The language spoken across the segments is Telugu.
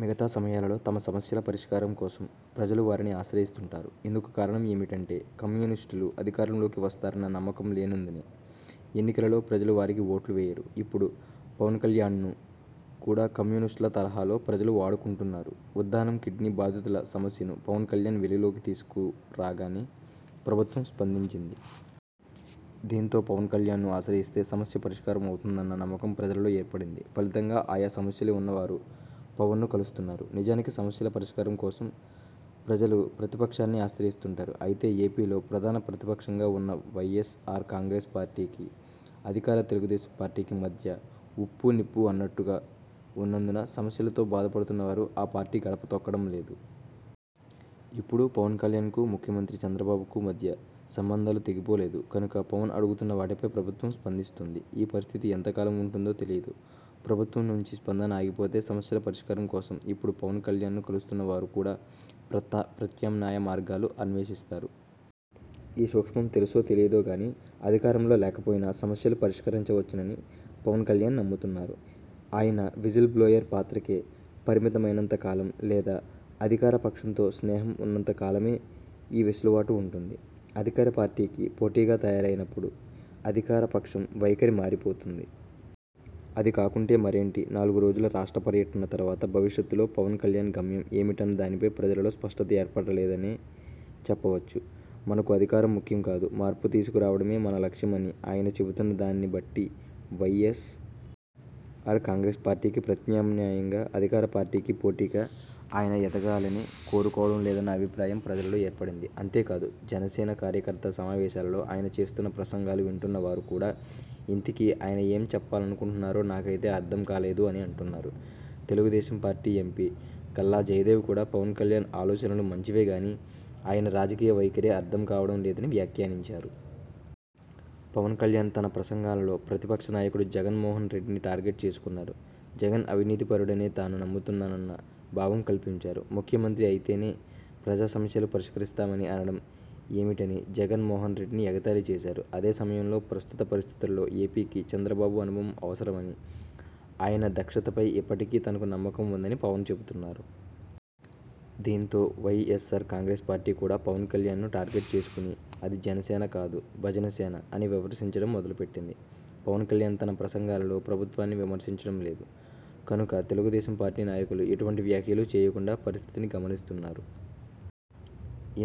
మిగతా సమయాలలో తమ సమస్యల పరిష్కారం కోసం ప్రజలు వారిని ఆశ్రయిస్తుంటారు. ఇందుకు కారణం ఏమిటంటే కమ్యూనిస్టులు అధికారం లోకి వస్తారన్న నమ్మకం లేనందునే ఎన్నికలలో ప్రజలు వారికి ఓట్లు వేయరు. ఇప్పుడు పవన్ కల్యాణ్ను కూడా కమ్యూనిస్టుల తరహాలో ప్రజలు వాడుకుంటున్నారు. ఉద్ధానం కిడ్నీ బాధితుల సమస్యను పవన్ కల్యాణ్ వెలుగులోకి తీసుకు రాగానే ప్రభుత్వం స్పందించింది. దీంతో పవన్ కల్యాణ్ను ఆశ్రయిస్తే సమస్య పరిష్కారం అవుతుందన్న నమ్మకం ప్రజలలో ఏర్పడింది. ఫలితంగా ఆయా సమస్యలు ఉన్నవారు పవన్ను కలుస్తున్నారు. నిజానికి సమస్యల పరిష్కారం కోసం ప్రజలు ప్రతిపక్షాన్ని ఆశ్రయిస్తుంటారు. అయితే ఏపీలో ప్రధాన ప్రతిపక్షంగా ఉన్న వై. ఎస్. ఆర్ కాంగ్రెస్ పార్టీకి, అధికార తెలుగుదేశం పార్టీకి మధ్య ఉప్పు, నిప్పు అన్నట్టుగా ఉన్నందున సమస్యలతో బాధపడుతున్నవారు ఆ పార్టీ గడప తొక్కడం లేదు. ఇప్పుడు పవన్ కల్యాణ్ కు ముఖ్యమంత్రి చంద్రబాబుకు మధ్య సంబంధాలు తెగిపోలేదు కనుక పవన్ అడుగుతున్న వాటిపై ప్రభుత్వం స్పందిస్తోంది. ఈ పరిస్థితి ఎంతకాలం ఉంటుందో తెలియదు. ప్రభుత్వం నుంచి స్పందన ఆగిపోతే సమస్యల పరిష్కారం కోసం ఇప్పుడు పవన్ కల్యాణ్ ను కలుస్తున్న వారు కూడా ప్రత్యామ్నాయ మార్గాలు అన్వేషిస్తారు. ఈ సూక్ష్మం తెలుసో తెలియదో గానీ, అధికారంలో లేకపోయినా సమస్యలు పరిష్కరించవచ్చునని పవన్ కల్యాణ్ నమ్ముతున్నారు. ఆయన విజిల్ బ్లోయర్ పాత్రకే పరిమితమైనంత కాలం లేదా అధికార పక్షంతో స్నేహం ఉన్నంత కాలమే ఈ వెసులుబాటు ఉంటుంది. అధికార పార్టీకి పోటీగా తయారైనప్పుడు అధికార పక్షం వైఖరి మారిపోతుంది. అది కాకుంటే మరేంటి? నాలుగు రోజుల రాష్ట్ర పర్యటన తర్వాత భవిష్యత్తులో పవన్ కల్యాణ్ గమ్యం ఏమిటన్న దానిపై ప్రజలలో స్పష్టత ఏర్పడలేదనే చెప్పవచ్చు. మనకు అధికారం ముఖ్యం కాదు. మార్పు తీసుకురావడమే మన లక్ష్యం అని ఆయన చెబుతున్న దాన్ని బట్టి వై. ఎస్. ఆర్. కాంగ్రెస్ పార్టీకి ప్రత్యామ్నాయంగా, అధికార పార్టీకి పోటీగా ఆయన ఎదగాలని కోరుకోవడం లేదన్న అభిప్రాయం ప్రజలలో ఏర్పడింది. అంతేకాదు జనసేన కార్యకర్తల సమావేశాలలో ఆయన చేస్తున్న ప్రసంగాలు వింటున్నవారు కూడా ఇంతకీ ఆయన ఏం చెప్పాలనుకుంటున్నారో నాకైతే అర్థం కాలేదు అని అంటున్నారు. తెలుగుదేశం పార్టీ ఎంపీ గల్లా జయదేవ్ కూడా పవన్ కల్యాణ్ ఆలోచనలు మంచివే గానీ, ఆయన రాజకీయ వైఖరే అర్థం కావడం లేదని వ్యాఖ్యానించారు. పవన్ కల్యాణ్ తన ప్రసంగాలలో ప్రతిపక్ష నాయకుడు జగన్ మోహన్ రెడ్డిని టార్గెట్ చేసుకున్నారు. జగన్ అవినీతి పరుడనే తాను నమ్ముతున్నానన్న భావం కల్పించారు. ముఖ్యమంత్రి అయితేనే ప్రజా సమస్యలు పరిష్కరిస్తామని అనడం ఏమిటని జగన్ మోహన్ రెడ్డిని ఎగతాళి చేశారు. అదే సమయంలో ప్రస్తుత పరిస్థితులలో ఏపీ కి చంద్రబాబు అనుభవం అవసరమని, ఆయన దక్షతపై ఇప్పటికీ తనకు నమ్మకం ఉందని పవన్ చెబుతున్నారు. దీంతో Y. S. R. Congress party కూడా పవన్ కల్యాణ్ ను టార్గెట్ చేసుకుని 'అది జనసేన కాదు, భజన సేన' అని విమర్శించడం మొదలుపెట్టింది. పవన్ కల్యాణ్ తన ప్రసంగాలలో ప్రభుత్వాన్ని విమర్శించడం లేదు కనుక తెలుగుదేశం పార్టీ నాయకులు ఎటువంటి వ్యాఖ్యలూ చేయకుండా పరిస్థితిని గమనిస్తున్నారు.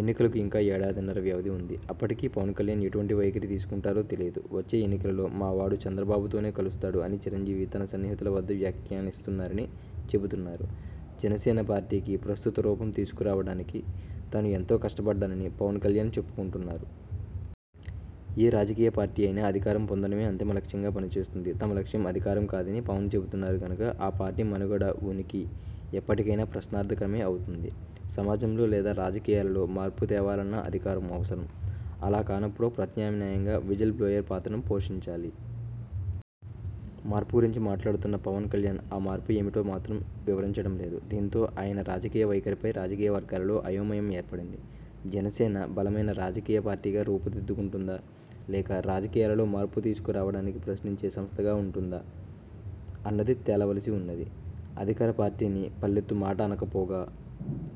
ఎన్నికలకు ఇంకా ఏడాదిన్నర వ్యవధి ఉంది. అప్పటికి పవన్ కల్యాణ్ ఎటువంటి వైఖరి తీసుకుంటారో తెలియదు. వచ్చే ఎన్నికలలో మా వాడు చంద్రబాబుతోనే కలుస్తాడు అని చిరంజీవి తన సన్నిహితుల వద్ద వ్యాఖ్యానిస్తున్నారని చెబుతున్నారు. జనసేన పార్టీకి ప్రస్తుత రూపం తీసుకురావడానికి తాను ఎంతో కష్టపడ్డానని పవన్ కల్యాణ్ చెప్పుకొంటున్నారు. ఏ రాజకీయ పార్టీ అయినా అధికారం పొందడమే అంతిమ లక్ష్యంగా పనిచేస్తుంది. తమ లక్ష్యం అధికారం కాదని పవన్ చెబుతున్నారు కనుక ఆ పార్టీ మనుగడ, ఉనికి ఎప్పటికైనా ప్రశ్నార్థకమే అవుతుంది. సమాజంలో లేదా రాజకీయాలలో మార్పు తేవాలన్నా అధికారం అవసరం. అలా కానప్పుడు ప్రత్యామ్నాయంగా విజిల్ బ్లోయర్ పాత్రను పోషించాలి. మార్పు గురించి మాట్లాడుతున్న పవన్ కల్యాణ్ ఆ మార్పు ఏమిటో మాత్రం వివరించడం లేదు. దీంతో ఆయన రాజకీయ వైఖరిపై రాజకీయవర్గాలలో అయోమయం ఏర్పడింది. జనసేన బలమైన రాజకీయ పార్టీగా రూపు దిద్దుకుంటుందా? లేక రాజకీయాలలో మార్పు తీసుకురావడానికి ప్రశ్నించే సంస్థగా ఉంటుందా? అన్నది తేలవలసి ఉన్నది. అధికార పార్టీని పల్లెత్తు మాట అనకపోగా,